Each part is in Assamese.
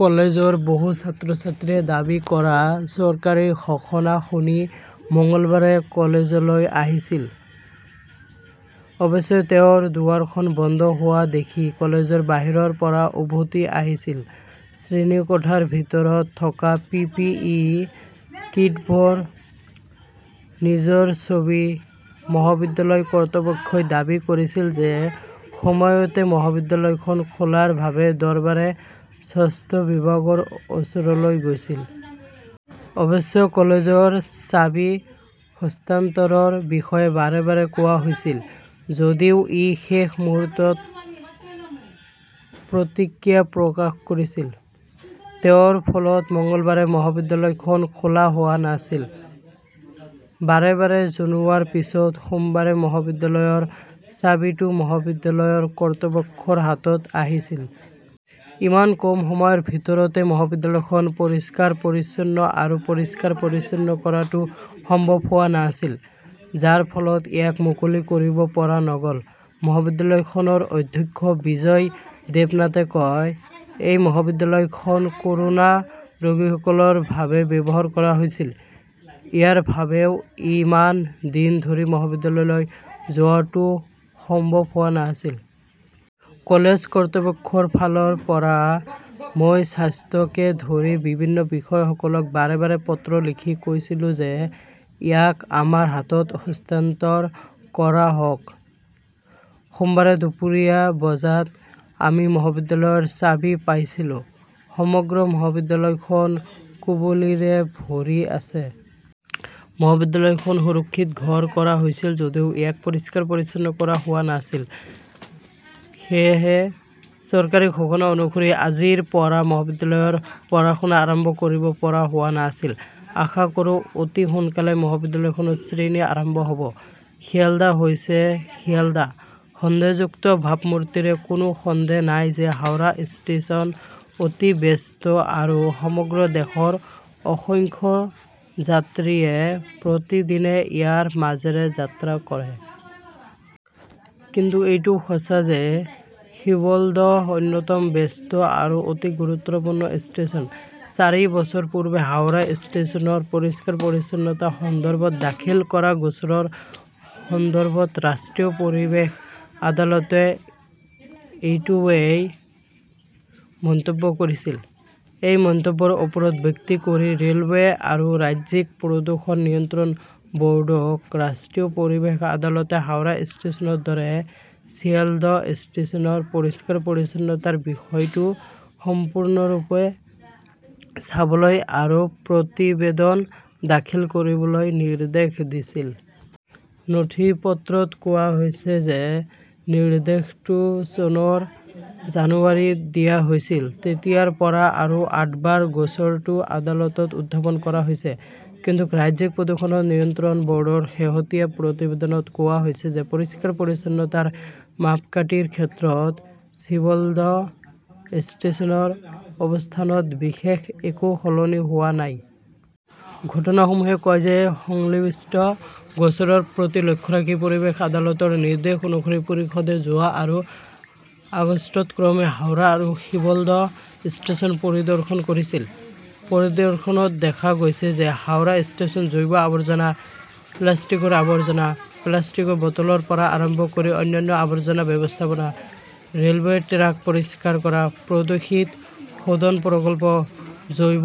কলেজৰ বহু ছাত্ৰ-ছাত্ৰীয়ে দাবী কৰা, চৰকাৰী ঘোষণা শুনি মঙলবাৰে কলেজলৈ আহিছিল। অৱশ্যে তেওঁৰ দুৱাৰখন বন্ধ হোৱা দেখি কলেজৰ বাহিৰৰ পৰা উভতি আহিছিল। শ্ৰেণীকোঠাৰ ভিতৰত থকা পি. পি. ই. কিটবোৰ। নিজৰ ছবি। মহাবিদ্যালয় কৰ্তৃপক্ষই দাবী কৰিছিল যে সময়মতে মহাবিদ্যালয়খন খোলাৰ বাবে দৰবাৰে স্বাস্থ্য বিভাগৰ ওচৰলৈ গৈছিল। অৱশ্যে, কলেজৰ চাবি হস্তান্তৰৰ বিষয়ে বাৰে বাৰে কোৱা হৈছিল যদিও ই শেষ মুহূৰ্তত প্ৰতিক্ৰিয়া প্ৰকাশ কৰিছিল। তেওঁৰ ফলত মঙলবাৰে মহাবিদ্যালয়খন খোলা হোৱা নাছিল। বাৰে বাৰে জনোৱাৰ পিছত সোমবাৰে মহাবিদ্যালয়ৰ চাবিটো মহাবিদ্যালয়ৰ কৰ্তৃপক্ষৰ হাতত আহিছিল। ইমান কম সময়ৰ ভিতৰতে মহাবিদ্যালয়খন পৰিষ্কাৰ-পৰিচ্ছন্ন আৰু পৰিষ্কাৰ-পৰিচ্ছন্ন কৰাটো সম্ভৱ হোৱা নাছিল। যাৰ ফলত ইয়াক মুকলি কৰিব পৰা নগ'ল। মহাবিদ্যালয়খনৰ অধ্যক্ষ বিজয় দেৱনাথে কয়, এই মহাবিদ্যালয়খন কৰোনা ৰোগীসকলৰ বাবে ব্যৱহাৰ কৰা হৈছিল। ইয়াৰ বাবেই ইমান দিন ধৰি মহাবিদ্যালয়লৈ যোৱাটো সম্ভৱ হোৱা নাছিল। কলেজ কৰ্তৃপক্ষৰ ফালৰ পৰা মই স্বাস্থ্যকে ধৰি বিভিন্ন বিষয়াসকলক বাৰে - বাৰে পত্ৰ লিখি কৈছিলো যে ইয়াক আমাৰ হাতত হস্তান্তৰ কৰা হওক। সোমবাৰে দুপৰীয়া বজাত আমি মহাবিদ্যালয়ৰ চাবি পাইছিলো। সমগ্ৰ মহাবিদ্যালয়খন কুঁৱলীৰে ভৰি আছে। মহাবিদ্যালয়খন সুৰক্ষিত ঘৰ কৰা হৈছিল যদিও ইয়াক পৰিষ্কাৰ-পৰিচ্ছন্ন কৰা হোৱা নাছিল। সেয়েহে, চৰকাৰী ঘোষণা অনুসৰি আজিৰ পৰা মহাবিদ্যালয়ৰ পঢ়া-শুনা আৰম্ভ কৰিব পৰা হোৱা নাছিল। আশা কৰোঁ অতি সোনকালেই মহাবিদ্যালয়খনত শ্ৰেণী আৰম্ভ হ'ব। শিয়ালদা হৈছে শিয়ালদা, সন্দেহযুক্ত ভাবমূৰ্তিৰে কোনো সন্দেহ নাই যে হাওৰা ষ্টেচন অতি ব্যস্ত আৰু সমগ্ৰ দেশৰ অসংখ্য যাত্ৰীয়ে প্ৰতিদিনে ইয়াৰ মাজেৰে যাত্ৰা কৰে। কিন্তু এইটোও সঁচা যে শ্বিলদহ অন্যতম ব্যস্ত আৰু অতি গুৰুত্বপূৰ্ণ ষ্টেচন। চাৰি বছৰ পূৰ্বে হাওৰা ষ্টেচনৰ পৰিষ্কাৰ-পৰিচ্ছন্নতা সন্দৰ্ভত দাখিল কৰা গোচৰৰ সন্দৰ্ভত ৰাষ্ট্ৰীয় পৰিৱেশ আদালতে এইটোৱেই মন্তব্য কৰিছিল। এই মন্তব্যৰ ওপৰত ভিত্তি কৰি ৰে'লৱে আৰু ৰাজ্যিক প্ৰদূষণ নিয়ন্ত্ৰণ বোৰ্ডক ৰাষ্ট্ৰীয় পৰিৱেশ আদালতে হাওৰা ষ্টেচনৰ দৰে চিয়ালদহ ষ্টেচনৰ পৰিষ্কাৰ-পৰিচ্ছন্নতাৰ বিষয়টো সম্পূৰ্ণৰূপে চাবলৈ আৰু প্ৰতিবেদন দাখিল কৰিবলৈ নিৰ্দেশ দিছিল। নথিপত্ৰত কোৱা হৈছে যে নিৰ্দেশটো চনৰ জানুৱাৰীত দিয়া হৈছিল। তেতিয়াৰ পৰা আৰু আঠবাৰ গোচৰটো আদালতত উত্থাপন কৰা হৈছে। কিন্তু ৰাজ্যিক প্ৰদূষণ নিয়ন্ত্ৰণ বৰ্ডৰ শেহতীয়া প্ৰতিবেদনত কোৱা হৈছে যে পৰিষ্কাৰ-পৰিচ্ছন্নতাৰ মাপকাঠিৰ ক্ষেত্ৰত শ্বিলদহ ষ্টেচনৰ অৱস্থানত বিশেষ একো সলনি হোৱা নাই। ঘটনাসমূহে কয় যে সংশ্লিষ্ট গোচৰৰ প্ৰতি লক্ষ্য ৰাখি পৰিৱেশ আদালতৰ নিৰ্দেশ অনুসৰি পৰিষদে যোৱা আৰু আগষ্টত ক্ৰমে হাওৰা আৰু শ্বিলদহ ষ্টেচন পৰিদৰ্শন কৰিছিল। পৰিদৰ্শনত দেখা গৈছে যে হাওৰা ষ্টেচন জৈৱ আৱৰ্জনা, প্লাষ্টিকৰ আৱৰ্জনা, প্লাষ্টিকৰ বটলৰ পৰা আৰম্ভ কৰি অন্যান্য আৱৰ্জনা ব্যৱস্থাপনা, ৰে'লৱে ট্ৰেক পৰিষ্কাৰ কৰা, প্ৰদূষিত শোধন প্ৰকল্প, জৈৱ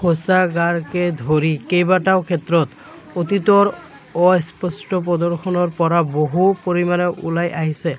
শৌচাগাৰকে ধৰি কেইবাটাও ক্ষেত্ৰত অতীতৰ অস্পষ্ট 'প্ৰদৰ্শনৰ পৰা বহু পৰিমাণে ওলাই আহিছে।